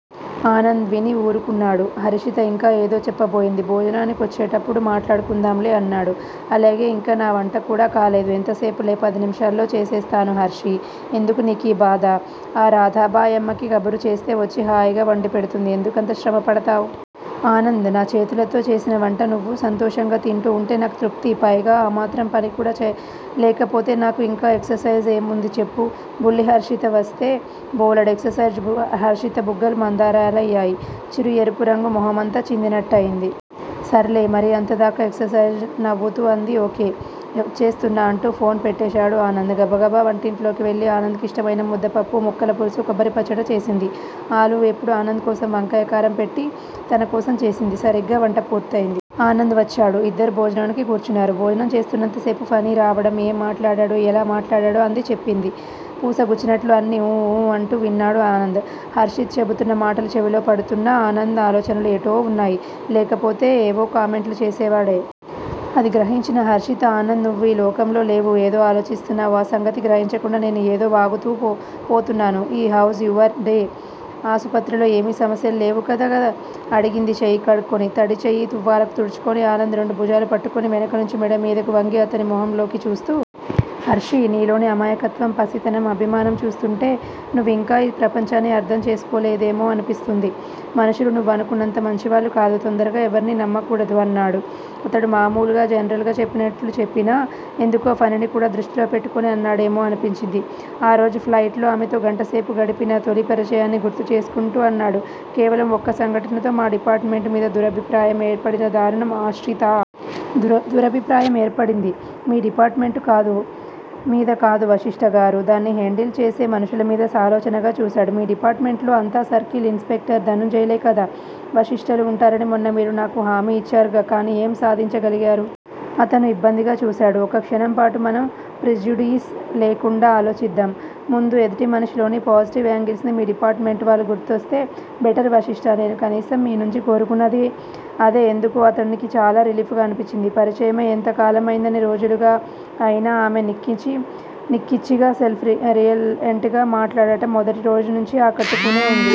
ఆనంద్ విని వూరుకున్నాడు. హర్షిత ఇంకా ఏదో చెప్పబోయింది. భోజనానికొచ్చేప్పుడు మాట్లాడుకుందాంలే అన్నాడు. అలాగే! ఇంకా నా వంట కూడా కాలేదు. ఎంత సేపులే పదినిముషాల్లో చేసేస్తాను హర్షీ! ఎందుకు నీకీబాధ,. ఆ రాధాబాయమ్మకి కబురు చేస్తే వొచ్చి హాయిగా వండి పెడుతుంది. ఎందుకంత శ్రమ పడతావ్? ఆనంద్! నాచేతులతో చేసిన వంట నువ్వు సంతోషంగా తింటూ ఉంటే నాకు తృప్తి! పైగా ఆ మాత్రం పని కూడా లేకపోతే నాకు ఇంక ఎక్సర్ సైజు ఏముంది చెప్పు? బుల్లి హర్షిత వొస్తే బోలెడు ఎక్సర్ సైజ్ హర్షిత బుగ్గలు మందారాలయ్యాయి. చిరు ఎరుపు రంగు మొహమంతా చిందినట్టయింది. సర్లే! మరి అంతదాకా ఎక్సర్ సైజ్! నవ్వుతూ అంది. ఓకే.! ఒచ్చేస్తున్నా అంటూ ఫోన్ పెట్టేశాడు ఆనంద్. గబగబా వంటింట్లోకి వెళ్ళి ఆనంద్ కిష్టమయిన ముద్దపప్పు, ముక్కల పులుసూ, కొబ్బరిపచ్చడి చేసింది. ఆలూవేపుడు ఆనంద్ కోసం, వంకాయ కారం పెట్టి తనకోసం చేసింది. సరిగ్గా వంట పూర్తయ్యింది. ఆనంద్ వచ్చాడు. ఇద్దరూ భోజనానికి కూర్చున్నారు. భోజనం చేస్తున్నంతసేపూ ఫణిరావడం, ఏం మాట్లాడాడో, ఎలా మాట్లాడాడో అంతా చెప్పింది, పూసగుచ్చినట్లు. అన్నీ 'ఊ ఊ. ' అంటూ విన్నాడు ఆనంద్! హర్షిత చెబుతున్న మాటలు చెవిలో పడుతూన్నా, ఆనంద్ ఆలోచనలు ఎటో ఉన్నాయి. లేకపోతే ఏవో కామెంట్లు చేసేవాడే! అది గ్రహించిన హర్షిత ఆనంద్! నువ్వీలోకంలో లేవు, ఏదో ఆలోచిస్తున్నావు. ఆ సంగతి గ్రహించకుండా నేను ఏదో వాగుతూ పోతున్నాను. How is your day! ఆసుపత్రిలో ఏమీ సమస్యలు లేవు కదా అడిగింది చెయ్యి కడుక్కుని. తడి చెయ్యి తువ్వాలుకు తుడుచుకుని ఆనంద్ రెండు భుజాలూ పట్టుకుని వెనకనుంచి మెడమీదకు వంగి, అతని మొహంలోకి చూస్తూ. హర్షీ! నీలోని అమాయకత్వం, పసితనం, అభిమానం చూస్తూంటే, నువ్వు ఇంకా ఈ ప్రపంచాన్ని అర్ధం చేసుకోలేదేమోననిపిస్తుంది. మనుషులు నువ్వనుకున్నంత మంచివాళ్ళు కాదు. తొందరగా ఎవర్నీ నమ్మకూడదు అన్నాడు. అతడు మామూలుగా జనరల్ గా చెప్పినట్లు చెప్పినా, ఎందుకనో ఫణిని కూడా దృష్టిలో పెట్టుకుని అన్నాడేమోననిపించింది. ఆ రోజు ఫ్లైట్ లో ఆమెతో గంటసేపు గడిపిన తొలి పరిచయాన్ని గుర్తుచేసుకుంటూ అన్నాడు- కేవలం ఒక్క సంఘటనతో మా డిపార్టుమెంటు మీద దురభిప్రాయం ఏర్పడటం దారుణం ఆశ్రితా! దురభిప్రాయం ఏర్పడింది మీ డిపార్టుమెంటు మీద కాదు వశిష్ట గారూ! దాన్ని హేండిల్ చేసే మనుషుల మీద సాలోచనగా చూశాడు. మీ డిపార్టుమెంట్ లో అంతా సర్కిల్ ఇన్స్ పెక్టర్ ధనుంజయలే కాదు వశిష్టలూ వుంటారని మొన్న మీరు నాకు హామీ ఇచ్చారుగా? కాని ఏం సాధించగలిగారు? అతను ఇబ్బందిగా చూశాడు. ఒక్క క్షణంపాటు మనం ప్రిజుడీస్ లేకుండా ఆలోచిద్దాం ముందు ఎదుటి మనిషిలోని పోజిటివ్ ఏంగిల్స్ ని మీ డిపార్టుమెంటు వాళ్ళు గుర్తిస్తే బెటరు వశిష్టా! నేను కనీసం మీనుంచి కోరుకున్నది అదే ఎందుకో అతడికి చాలా రిలీఫ్ గా అనిపించింది. పరిచయమై ఎంత కాలమైందని రోజులేగా అయినా ఆమె నిక్కచ్చిగా సెల్ఫ్ రెలియంట్ గా మాట్లాడ్డం మొదటి రోజునుంచీ ఆకట్టుకుంటూనే వుంది.